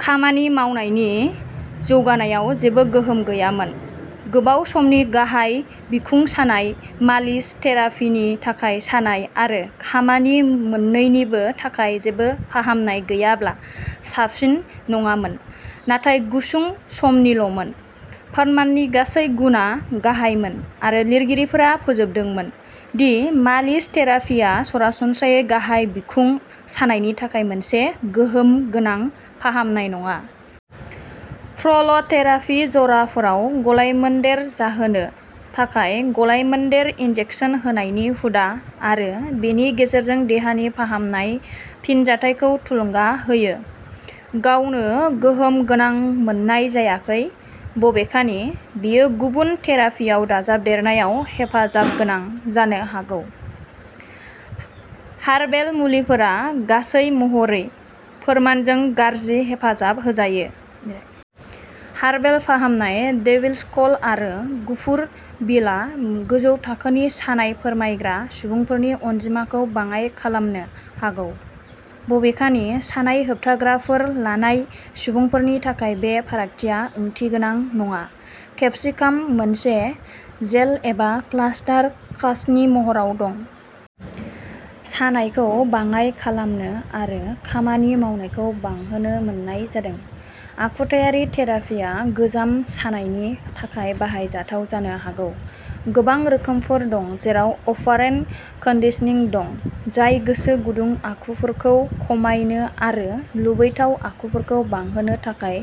खामानि मावनायनि जौगानायाव जेबो गोहोम गैयामोन। गोबाव समनि गाहाय बिखुं सानाय मालिस थेरापिनि थाखाय सानाय आरो खामानि मोन्नैनिबो थाखाय जेबो फाहामनाय गैयाब्ला साबसिन नङामोन, नाथाय गुसुं समनिल'मोन। फोरमाननि गासै गुनआ गाहायमोन आरो लिरगिरिफोरा फोजोबदोंमोन दि मालिस थेरापिआ सरासनस्रायै गाहाय बिखुं सानायनि थाखाय मोनसे गोहोम गोनां फाहामनाय नङा। प्र'ल'थेरापि-जराफोराव गलायमोन्देर जाहोनो थाखाय गलायमोन्देर इनजेकसन होनायनि हुदा आरो बेनि गेजेरजों देहानि फाहामनाय फिनजाथायखौ थुलुंगा होयो, गावनो गोहोम गोनां मोननाय जायाखै, बबेखानि बेयो गुबुन थेरापिआव दाजाबदेरनायाव हेफाजाबगोनां जानो हागौ। हार्बेल मुलिफोरा, गासै महरै, फोरमानजों गाज्रि हेफाजाब होजायो। हार्बेल फाहामनाय डेविल्स क्ल' आरो गुफुर विल'आ गोजौ थाखोनि सानाय फोरमायग्रा सुबुंफोरनि अनजिमाखौ बाङाइ खालामनो हागौ। बबेखानि सानाय होबथाग्राफोर लानाय सुबुंफोरनि थाखाय बे फारागथिया ओंथिगोनां नङा। केपसिकाम, मोनसे जेल एबा प्लास्टार कास्टनि महराव दं। सानायखौ बाङाय खालामनो आरो खामानि मावनायखौ बांहोनो मोननाय जादों। आखुथायारि थेरापिआ गोजाम सानायनि थाखाय बाहायजाथाव जानो हागौ। गोबां रोखोमफोर दं, जेराव अपारेन्ट कन्डिशनिं दं, जाय गोसो गुदुं आखुफोरखौ खमायनो आरो लुबैथाव आखुफोरखौ बांहोनो थाखाय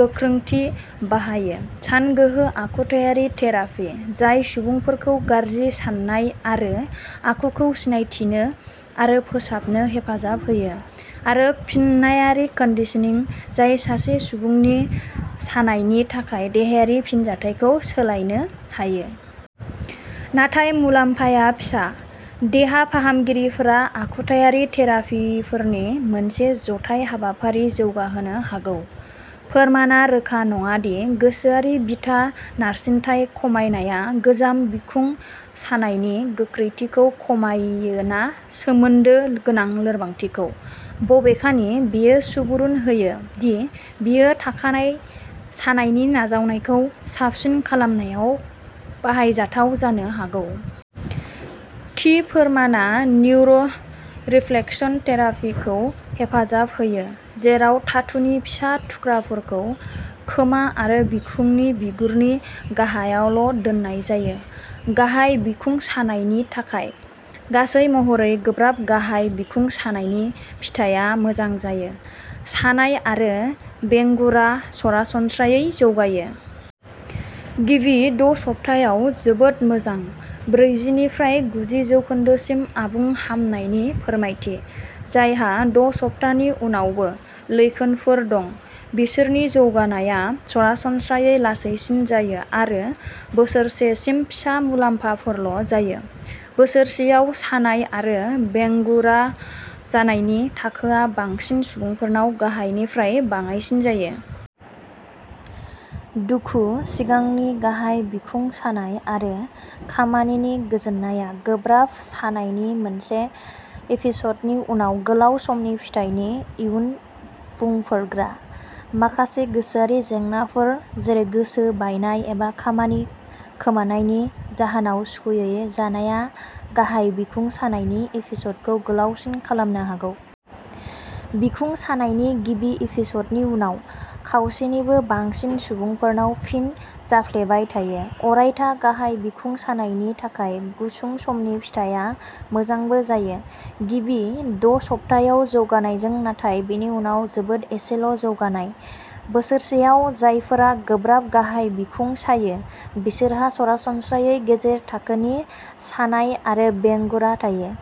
गोख्रोंथि बाहायो, सानगोहो आखुथायारि थेरापि, जाय सुबुंफोरखौ गाज्रि साननाय आरो आखुखौ सिनायथिनो आरो फोसाबनो हेफाजाब होयो आरो फिन्नायारि कन्डिशनिं, जाय सासे सुबुंनि सानायनि थाखाय देहायारि फिनजाथायखौ सोलायनो हायो। नाथाय मुलाम्फाया फिसा। देहा फाहामगिरिफोरा आखुथायारि थेरापिफोरनि मोनसे जथाय हाबाफारि जौगाहोनो हागौ। फोरमानआ रोखा नङा दि गोसोआरि बिथा नारसिनथाय खमायनाया गोजाम बिखुं सानायनि गोख्रोंथिखौ खमायो ना सोमोन्दो गोनां लोरबांथिखौ, बबेखानि बेयो सुबुरुन होयो दि बेयो थाखानाय सानायनि नाजावनायखौ साबसिन खालामनायाव बाहायजाथाव जानो हागौ। थि फोरमानआ न्युर'रिफ्लेक्सथेरापि खौ हेफाजाब होयो, जेराव धातुनि फिसा थुख्राफोरखौ खोमा आरो बिखुंनि बिगुरनि गाहायावल' दोननाय जायो, गाहाय बिखुं सानायनि थाखाय। गासै महरै गोब्राब गाहाय बिखुं सानायनि फिथाया मोजां जायो। सानाय आरो बेंगुरा सरासनस्रायै जौगायो। गिबि द' सप्तायाव जोबोद मोजां, ब्रैजि निफ्राय गुजि जौखोन्दोसिम आबुं हामनायनि फोरमायथि। जायहा द' सप्तानि उनावबो लैखोनफोर दं, बिसोरनि जौगानायआ सरासनस्रायै लासैसिन जायो आरो बोसोरसेसिम फिसा मुलाम्फाफोरल' जायो। बोसोरसेयाव सानाय आरो बेंगुरा जानायनि थाखोआ बांसिन सुबुंफोरनाव गाहायनिफ्राय बाङाइसिन जायो। दुखु, सिगांनि गाहाय बिखुं सानाय, आरो खामानि गोजोननाया गोब्राब सानायनि मोनसे एपिसदनि उनाव गोलाव समनि फिथायनि इयुन बुंफोरग्रा। माखासे गोसोआरि जेंनाफोर जेरै गोसो बायनाय, एबा खामानि खोमानायनि जाहोनाव सुखुयै जानाया गाहाय बिखुं सानायनि एपिसडखौ गोलावसिन खालामनो हागौ। बिखुं सानायनि गिबि एपिसडनि उनाव खावसेनिबो बांसिन सुबुंफोरनाव फिन जाफ्लेबाय थायो। अरायथा गाहाय बिखुं सानायनि थाखाय गुसुं समनि फिथाया मोजांबो जायो, गिबि द' सप्तायाव जौगानायजों नाथाय बेनि उनाव जोबोद एसेल' जौगानाय। बोसोरसेयाव जायफोरा गोब्राब गाहाय बिखुं सायो बिसोरहा सरासनस्रायै गेजेर थाखोनि सानाय आरो बेंगुरा थायो।